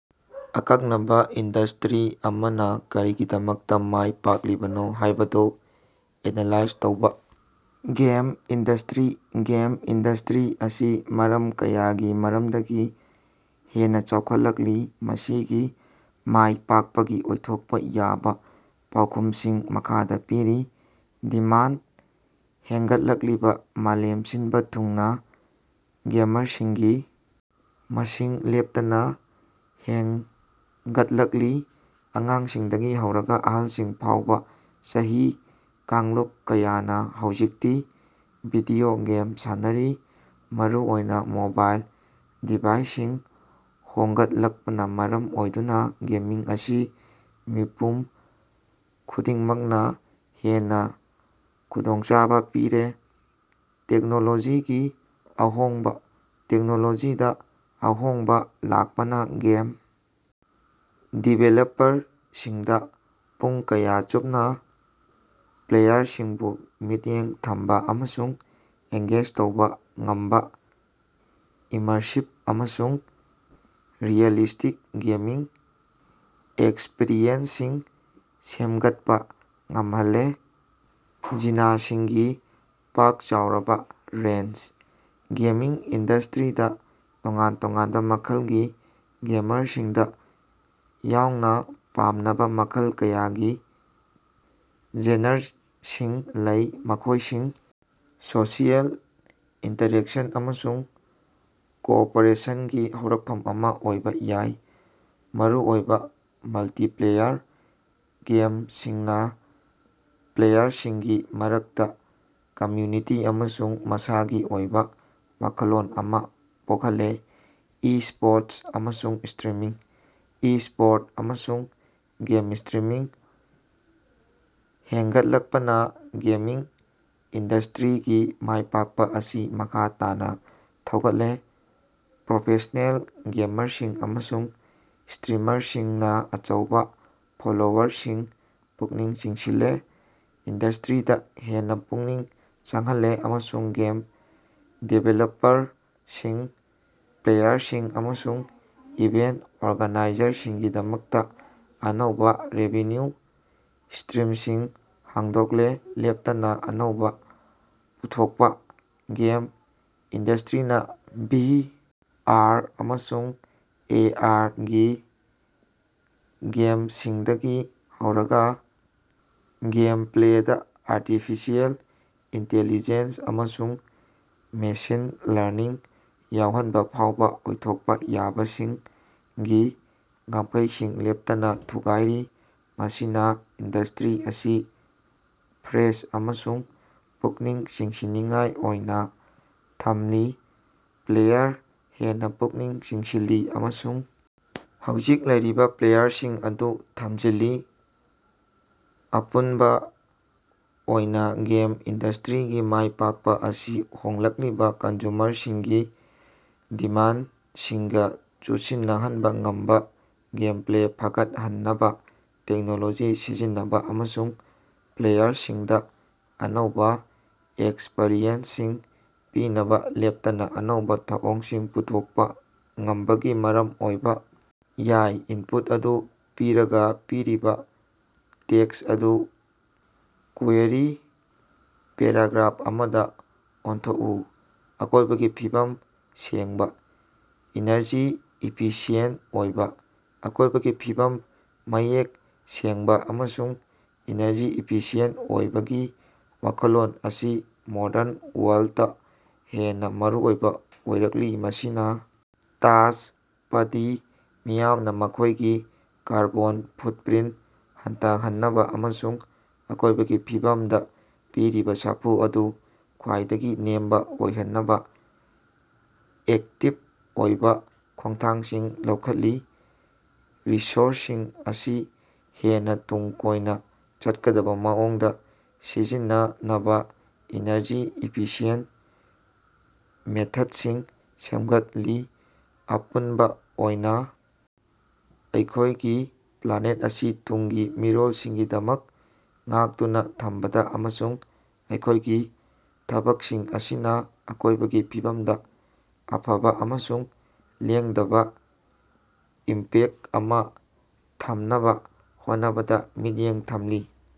ꯑꯀꯛꯅꯕ ꯏꯟꯗꯁꯇꯔꯤ ꯑꯃꯅ ꯀꯔꯤꯒꯤꯗꯃꯛꯇ ꯃꯥꯏ ꯄꯥꯛꯂꯤꯕꯅꯣ ꯍꯥꯏꯕꯗꯨ ꯑꯦꯅꯥꯂꯥꯏꯖ ꯇꯧꯕꯥ꯫ Game industry. ꯒꯦꯝ ꯏꯟꯗꯁꯇꯔꯤ ꯑꯁꯤ ꯃꯔꯝ ꯀꯌꯥꯒꯤ ꯃꯔꯝꯗꯒꯤ ꯍꯦꯟꯅꯥ ꯆꯥꯎꯈꯠꯂꯛꯂꯤ꯫ ꯃꯁꯤꯒꯤ ꯃꯥꯏ ꯄꯥꯛꯄꯒꯤ ꯑꯣꯏꯊꯣꯛꯄ ꯌꯥꯕꯥ ꯄꯥꯎꯈꯨꯝꯁꯤꯡ ꯃꯈꯥꯗ ꯄꯤꯔꯤ: ꯗꯤꯃꯥꯟꯗ ꯍꯦꯡꯒꯠꯂꯛꯂꯤꯕ: ꯃꯥꯂꯦꯝ ꯁꯤꯟꯕ ꯊꯨꯡꯅ ꯒꯦꯃꯔꯁꯤꯡꯒꯤ ꯃꯁꯤꯡ ꯂꯦꯞꯇꯅꯥ ꯍꯦꯡꯒꯠꯂꯛꯂꯤ꯫ ꯑꯉꯥꯡꯁꯤꯡꯗꯒꯤ ꯍꯧꯔꯒꯥ ꯑꯍꯜꯁꯤꯡ ꯐꯥꯎꯕꯥ, ꯆꯍꯤ ꯀꯥꯡꯂꯨꯞ ꯀꯌꯥꯅꯥ ꯍꯧꯖꯤꯛꯇꯤ ꯚꯤꯗꯤꯑꯣ ꯒꯦꯝ ꯁꯥꯟꯅꯔꯤ, ꯃꯔꯨꯑꯣꯏꯅꯥ ꯃꯣꯕꯥꯏꯜ ꯗꯤꯚꯥꯏꯁꯁꯤꯡ ꯍ‌ꯣꯡꯒꯠꯂꯛꯄꯅꯥ ꯃꯔꯝ ꯑꯣꯏꯗꯨꯅꯥ ꯒꯦꯃꯤꯡ ꯑꯁꯤ ꯃꯤꯄꯨꯝ ꯈꯨꯗꯤꯡꯃꯛꯅꯥ ꯍꯦꯟꯅꯥ ꯈꯨꯗꯣꯡꯆꯥꯕꯥ ꯄꯤꯔꯦ꯫ ꯇꯦꯛꯅꯣꯂꯣꯖꯤꯒꯤ ꯑꯍꯣꯡꯕꯥ: ꯇꯦꯛꯅꯣꯂꯣꯖꯤꯗꯥ ꯑꯍꯣꯡꯕꯥ ꯂꯥꯛꯄꯅ ꯒꯦꯝ ꯗꯤꯕꯦꯂꯄꯔꯁꯤꯡꯗꯥ ꯄꯨꯡ ꯀꯌꯥ ꯆꯨꯞꯅ ꯄ꯭ꯂꯦꯌꯔꯁꯤꯡꯕꯨ ꯃꯤꯠꯌꯦꯡ ꯊꯝꯕꯥ ꯑꯃꯁꯨꯡ ꯑꯦꯡꯒꯦꯖ ꯇꯧꯕꯥ ꯉꯝꯕꯥ ꯏꯃꯔꯁꯤꯕ ꯑꯃꯁꯨꯡ ꯔꯤꯑꯦꯂꯤꯁꯇꯤꯛ ꯒꯦꯃꯤꯡ ꯑꯦꯛꯁꯄꯔꯤꯌꯦꯟꯁꯁꯤꯡ ꯁꯦꯝꯒꯠꯄ ꯉꯝꯍꯜꯂꯦ꯫ ꯖꯤꯅꯁꯤꯡꯒꯤ ꯄꯥꯛ-ꯆꯥꯎꯔꯕꯥ ꯔꯦꯟꯖ: ꯒꯦꯃꯤꯡ ꯏꯟꯗꯁꯇꯔꯤꯗꯥ ꯇꯣꯉꯥꯟ-ꯇꯣꯉꯥꯟꯕ ꯃꯈꯜꯒꯤ ꯒꯦꯃꯔꯁꯤꯡꯗ ꯌꯥꯎꯅ ꯄꯥꯝꯅꯕ ꯃꯈꯜ ꯀꯌꯥꯒꯤ ꯖꯦꯅꯔꯁꯤꯡ ꯂꯩ, ꯃꯈꯣꯏꯁꯤꯡ ꯁꯣꯁꯤꯑꯦꯜ ꯏꯟꯇꯔꯦꯛꯁꯟ ꯑꯃꯁꯨꯡ ꯀꯣꯑꯣꯄꯔꯦꯁꯟꯒꯤ ꯍꯧꯔꯛꯐꯝ ꯑꯃ ꯑꯣꯏꯕ ꯌꯥꯏ꯫ ꯃꯔꯨꯑꯣꯏꯅ ꯃꯜꯇꯤꯄ꯭ꯂꯦꯌꯔ ꯒꯦꯝꯁꯤꯡꯅ ꯄ꯭ꯂꯦꯌꯔꯁꯤꯡꯒꯤ ꯃꯔꯛꯇꯥ ꯀꯝꯃ꯭ꯌꯨꯅꯤꯇꯤ ꯑꯃꯁꯨꯡ ꯃꯁꯥꯒꯤ ꯑꯣꯏꯕ ꯋꯥꯈꯜꯂꯣꯟ ꯑꯃ ꯄꯣꯈꯜꯂꯤ꯫ ꯏꯁ꯭ꯄꯣꯔꯠꯁ ꯑꯃꯁꯨꯡ ꯁ꯭ꯇꯔꯤꯃꯤꯡ: ꯏꯁ꯭ꯄꯣꯔꯠꯁ ꯑꯃꯁꯨꯡ ꯒꯦꯝ ꯁ꯭ꯇꯔꯤꯃꯤꯡ ꯍꯦꯡꯒꯠꯂꯛꯄꯅꯥ ꯒꯦꯃꯤꯡ ꯏꯟꯗꯁꯇꯔꯤꯒꯤ ꯃꯥꯏꯄꯥꯛꯄ ꯑꯁꯤ ꯃꯈꯥ ꯇꯥꯅ ꯊꯧꯒꯠꯂꯦ꯫ ꯄ꯭ꯔꯣꯐꯦꯁ꯭ꯅꯦꯜ ꯒꯦꯃꯔꯁꯤꯡ ꯑꯃꯁꯨꯡ ꯁꯇꯔꯤꯃꯔꯁꯤꯡꯅ ꯑꯆꯧꯕ ꯐꯣꯂꯣꯋꯔꯁꯤꯡ ꯄꯨꯛꯅꯤꯡ ꯆꯤꯡꯁꯤꯜꯂꯦ, ꯏꯟꯗꯁꯇꯔꯤꯗ ꯍꯦꯟꯅ ꯄꯨꯛꯅꯤꯡ ꯆꯪꯍꯜꯂꯦ ꯑꯃꯁꯨꯡ ꯒꯦꯝ ꯗꯤꯕꯦꯂꯄꯔꯁꯤꯡ, ꯄ꯭ꯂꯦꯌꯔꯁꯤꯡ ꯑꯃꯁꯨꯡ ꯏꯚꯦꯟꯠ ꯑꯣꯔꯒꯅꯥꯏꯖꯔꯁꯤꯡꯒꯤꯗꯃꯛꯇ ꯑꯅꯧꯕ ꯔꯦꯚꯤꯟꯌꯨ ꯁ꯭ꯇꯔꯤꯝꯁꯤꯡ ꯍꯥꯡꯗꯣꯛꯂꯦ꯫ ꯂꯦꯞꯇꯅꯥ ꯑꯅꯧꯕꯥ ꯄꯨꯊꯣꯛꯄꯥ: ꯒꯦꯝ ꯏꯟꯗꯁꯇꯔꯤꯅꯥ ꯚꯤ. ꯑꯥꯔ. ꯑꯃꯁꯨꯡ ꯑꯦ. ꯑꯥꯔ. ꯒꯤ ꯒꯦꯃꯁꯤꯡꯗꯒꯤ ꯍꯧꯔꯒꯥ ꯒꯦꯃꯞꯂꯦꯗꯥ ꯑꯥꯔꯇꯤꯐꯤꯁꯤꯑꯦꯜ ꯏꯟꯇꯦꯂꯤꯖꯦꯟꯁ ꯑꯃꯁꯨꯡ ꯃꯦꯁꯤꯟ ꯂꯔꯅꯤꯡ ꯌꯥꯎꯍꯟꯕꯐꯥꯎꯕꯥ ꯑꯣꯏꯊꯣꯛꯄ ꯌꯥꯕꯁꯤꯡꯒꯤ ꯉꯝꯈꯩꯁꯤꯡ ꯂꯦꯞꯇꯅ ꯊꯨꯒꯥꯏꯔꯤ꯫ ꯃꯁꯤꯅꯥ ꯏꯟꯗꯁꯇꯔꯤ ꯑꯁꯤ ꯐ꯭ꯔꯦꯁ ꯑꯃꯁꯨꯡ ꯄꯨꯛꯅꯤꯡ ꯆꯤꯡꯁꯤꯟꯅꯤꯡꯉꯥꯏ ꯑꯣꯏꯅꯥ ꯊꯝꯂꯤ, ꯄ꯭ꯂꯦꯌꯔ ꯍꯦꯟꯅꯥ ꯄꯨꯛꯅꯤꯡ ꯆꯤꯡꯁꯤꯜꯂꯤ, ꯑꯃꯁꯨꯡ ꯍꯧꯖꯤꯛ ꯂꯩꯔꯤꯕ ꯄ꯭ꯂꯦꯌꯔꯁꯤꯡ ꯑꯗꯨ ꯊꯝꯖꯤꯜꯂꯤ꯫ ꯑꯄꯨꯟꯕ ꯑꯣꯏꯅ ꯒꯦꯝ ꯏꯟꯗꯁꯇꯔꯤꯒꯤ ꯃꯥꯏ ꯄꯥꯛꯄ ꯑꯁꯤ ꯍꯣꯡꯂꯛꯂꯤꯕ ꯀꯟꯖꯨꯃꯔꯁꯤꯡꯒꯤ ꯗꯤꯃꯥꯟꯗꯁꯤꯡꯒ ꯆꯨꯁꯤꯟꯅꯍꯟꯕ ꯉꯝꯕ, ꯒꯦꯝꯄ꯭ꯂꯦ ꯐꯒꯠꯍꯟꯅꯕ ꯇꯦꯛꯅꯣꯂꯣꯖꯤ ꯁꯤꯖꯤꯟꯅꯕ, ꯑꯃꯁꯨꯡ ꯄ꯭ꯂꯦꯌꯔꯁꯤꯡꯗꯥ ꯑꯅꯧꯕ ꯑꯦꯛꯁꯄꯔꯤꯌꯦꯟꯁꯁꯤꯡ ꯄꯤꯅꯕ ꯂꯦꯞꯇꯅ ꯑꯅꯧꯕ ꯊꯧꯑꯣꯡꯁꯤꯡ ꯄꯨꯔꯛꯄ ꯉꯝꯕꯒꯤ ꯃꯔꯝ ꯑꯣꯏꯕꯥ ꯌꯥꯏ꯫ ꯏꯟꯄꯨꯠ ꯑꯗꯨ ꯄꯤꯔꯒ, ꯄꯤꯔꯤꯕ ꯇꯦꯛꯁ ꯑꯗꯨ ꯀ꯭ꯋꯦꯔꯤ ꯄꯦꯔꯥꯒ꯭ꯔꯥꯐ ꯑꯃꯗ ꯑꯣꯟꯊꯣꯛꯎ꯫ ꯑꯀꯣꯏꯕꯒꯤ ꯐꯤꯕꯝ ꯁꯦꯡꯕ, ꯏꯅꯔꯖꯤ ꯏꯐꯤꯁꯤꯌꯦꯟꯠ ꯑꯣꯏꯕ꯫ ꯑꯀꯣꯏꯕꯒꯤ ꯐꯤꯕꯝ ꯃꯌꯦꯛ ꯁꯦꯡꯕ ꯑꯃꯁꯨꯡ ꯏꯅꯔꯖꯤ ꯏꯐꯤꯁꯤꯌꯦꯟꯠ ꯑꯣꯏꯕꯒꯤ ꯋꯥꯈꯜꯂꯣꯟ ꯑꯁꯤ ꯃꯣꯗꯔꯟ ꯋꯥꯔꯜꯗꯇ ꯍꯦꯟꯅ ꯃꯔꯨꯑꯣꯏꯕ ꯑꯣꯏꯔꯛꯂꯤ꯫ ꯃꯁꯤꯅ ꯇꯥꯖꯄꯗꯤ ꯃꯤꯌꯥꯝꯅꯥ ꯃꯈꯣꯏꯒꯤ ꯀꯥꯔꯕꯣꯟ ꯐꯨꯠꯄ꯭ꯔꯤꯟꯠ ꯍꯟꯊꯍꯟꯅꯕ ꯑꯃꯁꯨꯡ ꯑꯀꯣꯏꯕꯒꯤ ꯐꯤꯕꯝꯗ ꯄꯤꯔꯤꯕꯥ ꯁꯥꯐꯨ ꯑꯗꯨ ꯈ꯭ꯋꯥꯏꯗꯒꯤ ꯅꯦꯝꯕ ꯑꯣꯏꯍꯟꯅꯕ ꯑꯦꯛꯇꯤꯕ ꯑꯣꯏꯕꯥ ꯈꯣꯡꯊꯥꯡꯁꯤꯡ ꯂꯧꯈꯠꯂꯤ꯫ ꯔꯤꯁꯣꯔꯁꯁꯤꯡ ꯑꯁꯤ ꯍꯦꯟꯅ ꯇꯨꯡ ꯀꯣꯏꯅꯥ ꯆꯠꯀꯗꯕ ꯃꯑꯣꯡꯗ ꯁꯤꯖꯤꯟꯅꯅꯕꯥ ꯏꯅꯔꯖꯤ ꯏꯐꯤꯁꯤꯌꯦꯟꯇ ꯃꯦꯊꯗꯁꯤꯡ ꯁꯦꯝꯒꯠꯂꯤ꯫ ꯑꯄꯨꯅꯕꯥ ꯑꯣꯏꯅꯥ ꯑꯩꯈꯣꯏꯒꯤ ꯄ꯭ꯂꯥꯅꯦꯠ ꯑꯁꯤ ꯇꯨꯡꯒꯤ ꯃꯤꯔꯣꯜꯁꯤꯡꯒꯤꯗꯃꯛ ꯉꯥꯛꯇꯨꯅꯥ ꯊꯝꯕꯗꯥ ꯑꯃꯁꯨꯡ ꯑꯩꯈꯣꯌꯒꯤ ꯊꯕꯛꯁꯤꯡ ꯑꯁꯤꯅ ꯑꯀꯣꯏꯕꯒꯤ ꯐꯤꯕꯝꯗꯥ ꯑꯐꯕ ꯑꯃꯁꯨꯡ ꯂꯦꯡꯗꯕꯥ ꯏꯝꯄꯦꯛꯇ ꯑꯃꯥ ꯊꯝꯅꯕꯥ ꯍꯣꯠꯅꯕꯗ ꯃꯤꯠꯌꯦꯡ ꯊꯝꯂꯤ꯫